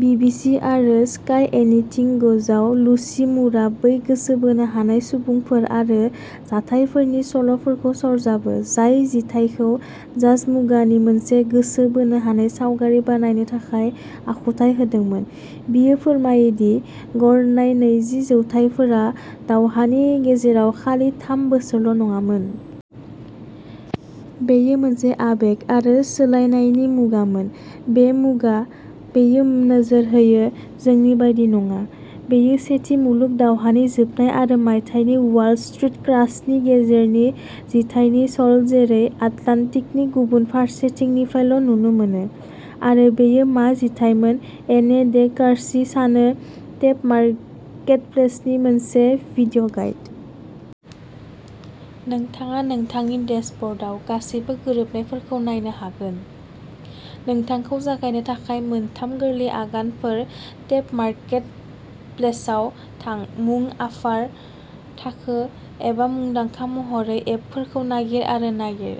BBC आरो Sky anything गोजआव, Lucy मुरआ बै गोसो बोनो हानाय सुबुंफोर आरो जाथायफोरनि सल'फोरखौ सरजाबो, जाय जिथाइखौ जाज मुगानि मोनसे गोसो बोनो हानाय सावगारि बानायनो थाखाय आखुथाय होदोंमोन। बियो फोरमायो दि गरनाय नैजि जौथाइफोरा दावहानि गेजेराव खालि थाम बोसोरल'नङामोन। बेयो मोनसे आबेग आरो सोलायनायनि मुगामोन मोनसे मुगा, बियो नोजोर होयो, जोंनि बायदि नङा। बेयो सेथि मुलुग दावहानि जोबनाय आरो मायथाइनि वाल स्ट्रीट क्रासनि गेजेरनि जिथाइनि सल जेरै आटलान्टिकनि गुबुन फारसेथिंनिफ्रायल'नुनो मोनो। आरो बेयो मा जिथाइमोन, एने डे कारसि सानो टेप मार्केटप्लेसनि मोनसे भिडिय'गाइड। नोंथाङा नोंथांनि डेशब'र्डआव गासैबो गोरोबनायफोरखौ नायनो हागोन। नोंथांखौ जागायनो थाखाय मोनथाम गोरलै आगानफोर टेपमार्केटप्लेसाव थां मुं, आफार, थाखो एबा मुंदांखा महरै एपफोरखौ नागिर आरो नागिर।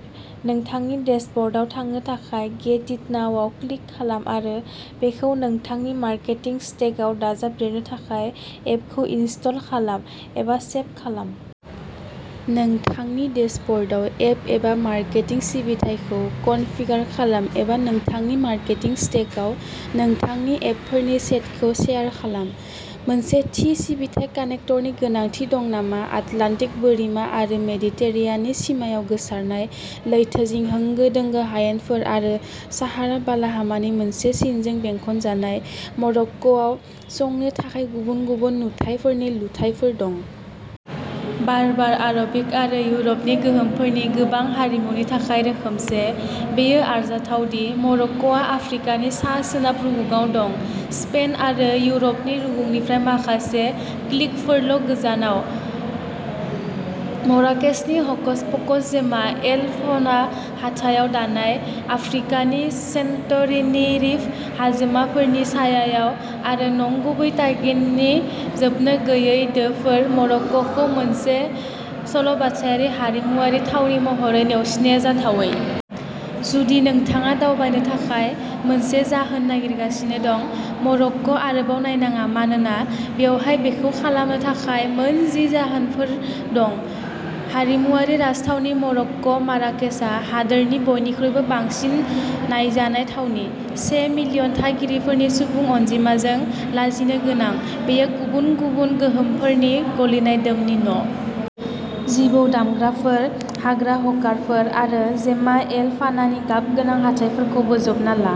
नोंथांनि डेशब'र्डआव थांनो थाखाय "गेट इट नाउ" आव क्लिक खालाम आरो बेखौ नोंथांनि मार्केटिं स्टेकआव दाजाबदेरनो थाखाय एपखौ इनस्टल खालाम, एबा सेब खालाम। नोंथांनि डेशब'र्डआव एप एबा मार्केटिं सिबिथाइखौ कनफिगार खालाम, एबा नोंथांनि मार्केटिं स्टेकआव नोंथांनि एपफोरनि सेटखौ सेयार खालाम। मोनसे थि सिबिथाइ कानेक्टरनि गोनांथि दं नामा आटलान्टिक बोरिमा आरो मेडिटेरेनियाननि सिमायाव, गोसारनाय लैथोजिं, होंगो दोंगो हायेनफोर आरो साहारा बालाहामानि मोनसे सिनजों बेंखनजानाय, मरक्क'आव संनो थाखाय गुबुन गुबुन नुथायफोरनि लुथायफोर दं। बार्बार, आर'बिक आरो इउर'पनि गोहोमफोरनि गोबां हारिमुनि थाखाय रोखोमसे, बेयो आरजाथाव दि मरक्क'आ आफ्रिकानि सा सोनाब रुगुंआव दं, स्पेन आरो इउर'पनि रुगुंनिफ्राय माखासे क्लिकफोरल'गोजानाव। मराकेचनि ह'कस प'कस जेमा एल फना हाथायाव दानाय,'आफ्रिकानि सेन्ट'रिनि'रिफ हाजोमाफोरनि सायायाव आरो नंगुबै टागिननि जोबनोगैयै दोफोर, मरक्क'खौ मोनसे सल'बासायारि हारिमुआरि थावनि महरै नेवसिनाया जाथावै। जुदि नोंथाङा दावबायनो थाखाय मोनसे जाहोन नागिरगासिनो दं। मरक्क, आरोबाव नायनाङा मानोना बेवहाय बेखौ खालामनो थाखाय मोन जि जाहोनफोर दं! हारिमुआरि राजथावनि मरक्क', माराकेचआ हादोरनि बयनिख्रुइबो बांसिन नायजानाय थावनि। से मिलियन थागिरिफोरनि सुबुं अनजिमाजों लाजिनोगोनां, बेयो गुबुन गुबुन गोहोमफोरनि गलिनाय दोमनि न'। जिबौ दामग्राफोर, हाग्रा हकारफोर आरो जेमा एल फानानि गाबगोनां हाथायफोरखौ बोजबना ला।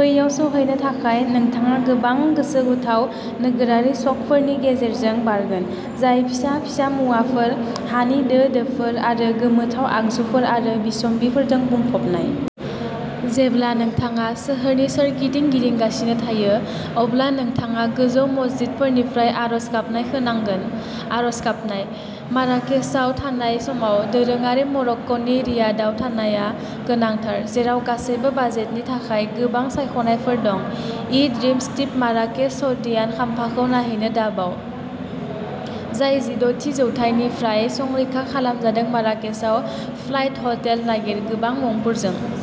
बैयाव सौहैनो थाखाय, नोंथाङा गोबां गोसोबोथाव नोगोरारि स'कफोरनि गेजेरजों बारगोन, जाय फिसा-फिसा मुवाफोर, हानि दो-दोफोर आरो गोमोथाव आगजुफोर आरो बिसम्बिफोरजों बुंफबनाय। जेब्ला नोंथाङा सोहोरनि सोरगिदिं गिदिंगासिनो थायो, अब्ला नोंथाङा गोजौ मस्जिदफोरनिफ्राय आरज गाबनाय खोनांगोन, आर'ज गाबनाय। माराकेचआव थानाय समाव दोरोङारि मरक्क'नि रियादआव थानाया गोनांथार, जेराव गासैबो बाजेटनि थाखाय गोबां सायख'नायफोर दं। इ-ड्रिमस टिप माराकेच सदियान खाम्फाखौ नायहैनो दाबाव, जाय जिद' थि जौथायनिफ्राय संरैखा खालामजादों माराकेचआव फ्लाइट हटेल नागिर गोबां मुंफोरजों।